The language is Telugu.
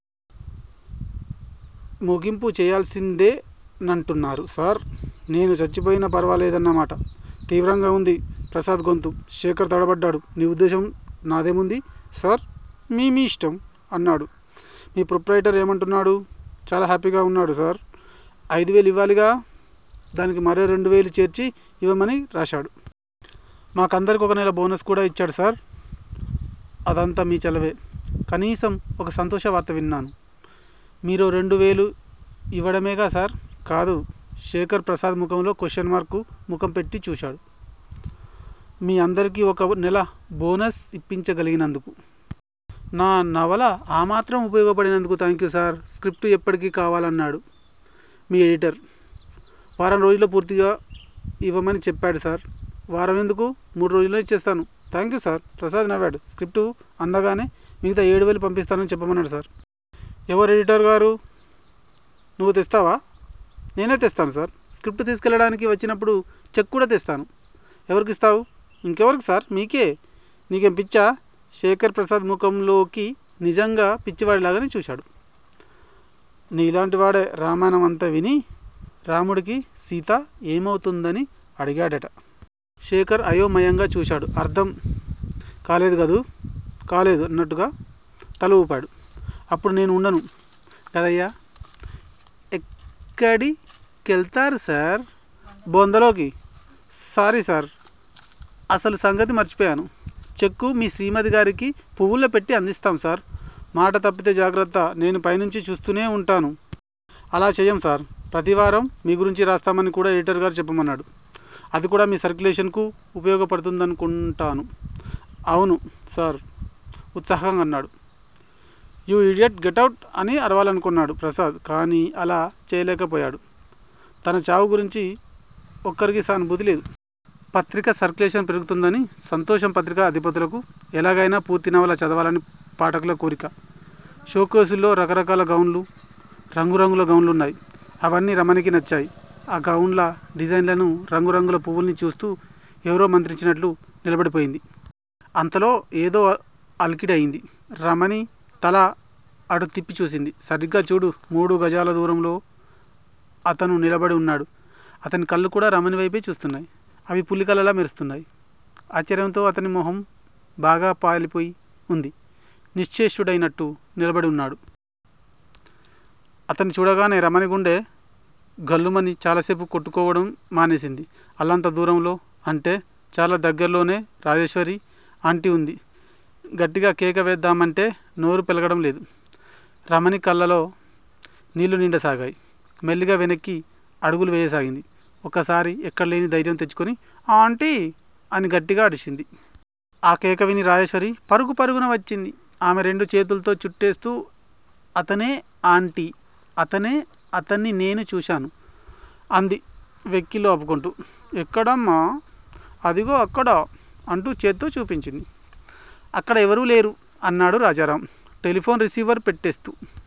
ముగింపు చెయ్యాల్సిందేనంటున్నారు సర్! నేను చచ్చిపోయినా పర్వాలేదన్న మాట! తీవ్రంగా ఉంది ప్రసాద్ గొంతు. శేఖర్ తడబడ్డాడు. నీ ఉద్దేశ్యం? నాదేముంది సర్! మీ మీ ఇష్టం! అన్నాడు. మీ ప్రొప్రయిటర్ ఏమంటున్నాడు? చాలా హ్యాపీగా ఉన్నాడు సర్! ఐదు వేలు ఇవ్వాలిగా? దానికి మరో రెండు వేలు చేర్చి ఇవ్వమని రాశాడు. మా కందరికి ఒక నెల బోనస్ కూడా ఇచ్చాడు సర్! అదంతా మీ చలవే! కనీసం ఒక సంతోష వార్త విన్నాను. మీరో రెండు వేలు ఇవ్వడమేగా సర్! కాదు. శేఖర్ ప్రసాద్ ముఖంలోకి క్వశ్చన్ మార్కు ముఖం పెట్టి చూశాడు. మీ అందరికీ ఒక నెల బోనస్ ఇప్పించగలిగినందుకు. నా నవల ఆ మాత్రం ఉపయోగపడినందుకు. Thank you sir! స్క్రిప్టు ఎప్పటికి కావాలన్నాడు మీ ఎడిటర్? వారం రోజుల్లో పూర్తిగా ఇవ్వమని చెప్పాడు సర్! వారం ఎందుకూ? మూడు రోజుల్లో ఇచ్చేస్తాను. Thank you sir! ప్రసాద్ నవ్వాడు. స్క్రిప్టు అందగానే మిగతా ఏడు వేలు పంపిస్తానని చెప్పమన్నాడు సర్! ఎవరు? ఎడిటర్ గారు! నువ్వు తెస్తావా? నేనే తెస్తాను సర్! స్క్రిప్టు తీసుకెళ్ళడానికి వచ్చినప్పుడు చెక్కు కూడా తెస్తాను. ఎవరికిస్తావ్? ఇంకెవరికి సర్? మీకే! నీకేం పిచ్చా? శేఖర్ ప్రసాద్ ముఖంలోకి నిజంగా పిచ్చివాడిలాగే చూశాడు. నీలాంటివాడే రామాయణం అంతా విని రాముడికి సీత ఏమౌతుందని అడిగాడట. శేఖర్ అయోమయంగా చూశాడు. అర్థం కాలేదుగదూ? 'కాలేదు' అన్నట్టు తల ఊపాడు. అప్పుడు నేను ఉండను గదయ్యా! ఎక్కడి కెళ్తారు సర్? బొందలోకి! Sorry sir! అసలు సంగతి మర్చిపోయాను. చెక్కు మీ శ్రీమతిగారికి పువ్వుల్లో పెట్టి అందిస్తాం సర్! మాట తప్పితే జాగ్రత్త! నేను పైనుంచి చూస్తూనే ఉంటాను. అలా చెయ్యం సార్! ప్రతి వారం మీ గురించి రాస్తామని కూడా ఎడిటర్ గారు చెప్పమన్నారు. అదికూడా మీ సర్క్యులేషన్ కు ఉపయోగపడ్తుందనుకొంటాను. అవును సర్! ఉత్సాహంగా అన్నాడు. 'You idiot! Get out! ' అని అరవాలనుకొన్నాడు ప్రసాద్. కాని అలా చెయ్యలేకపోయాడు. తన చావు గురించి ఒక్కరికీ సానుభూతి లేదు. పత్రిక సర్కులేషన్ పెరుగుతుందని సంతోషం పత్రిక అధిపతులకు. ఎలాగయినా పూర్తి నవల చదవాలని పాఠకుల కోరిక. షో కేసుల్లో రకరకాల గౌన్లు రంగు రంగుల గౌన్లు ఉన్నాయి. అవన్నీ రమణికి నచ్చాయి. ఆ గౌన్ల డిజైన్లనీ, రంగు రంగుల పువ్వుల్నీ చూస్తూ ఎవరో మంత్రించినట్లు నిలబడిపోయింది. అంతలో ఏదో అలికిడి అయింది. రమణి తల అటు తిప్పి చూసింది. సరిగ్గా మూడు గజాల దూరంలో 'అతను' నిలబడి ఉన్నాడు! అతని కళ్ళు కూడా రమణి వేపే చూస్తునాయి. అవి పులి కళ్ళలా మెరుస్తున్నాయి. ఆశ్చర్యంతో 'అతని' మొహం బాగా పాలిపోయి ఉంది. నిశ్చేష్టుడైనట్టు నిలబడి ఉన్నాడు. అతన్ని చూడగానే రమణి గుండె ఝల్లుమని చాలాసేపు కొట్టుకోవటం మానేసింది. అల్లంత దూరంలో అంటే చాలా దగ్గర్లోనే రాజేశ్వరి ఆంటీ ఉంది. గట్టిగా కేక వేద్దామంటే నోరు పెగలడం లేదు. రమణి కళ్ళలో నీళ్ళు నిండసాగాయి. మెల్లిగా వెనక్కి అడుగులు వెయ్యసాగింది. ఒక్కసారి ఎక్కడలేని ధైర్యం తెచ్చుకుని ఆంటీ అని గట్టిగా అరిచింది. ఆ కేక విని రాజేశ్వరి పరుగు పరుగున వచ్చింది. ఆమెని రెండు చేతుల్తో చుట్టేస్తూ అతనే ఆంటీ అతనే! అతన్ని నేను చూశాను! అంది వెక్కిళ్ళు ఆపుకొంటూ. ఎక్కడమ్మా? అదిగో అక్కడ! అంటూ చేత్తో చూపించింది. అక్కడ ఎవరూ లేరు! అన్నాడు రాజారామ్ టెలిఫోన్ రిసీవర్ పెట్టేస్తూ.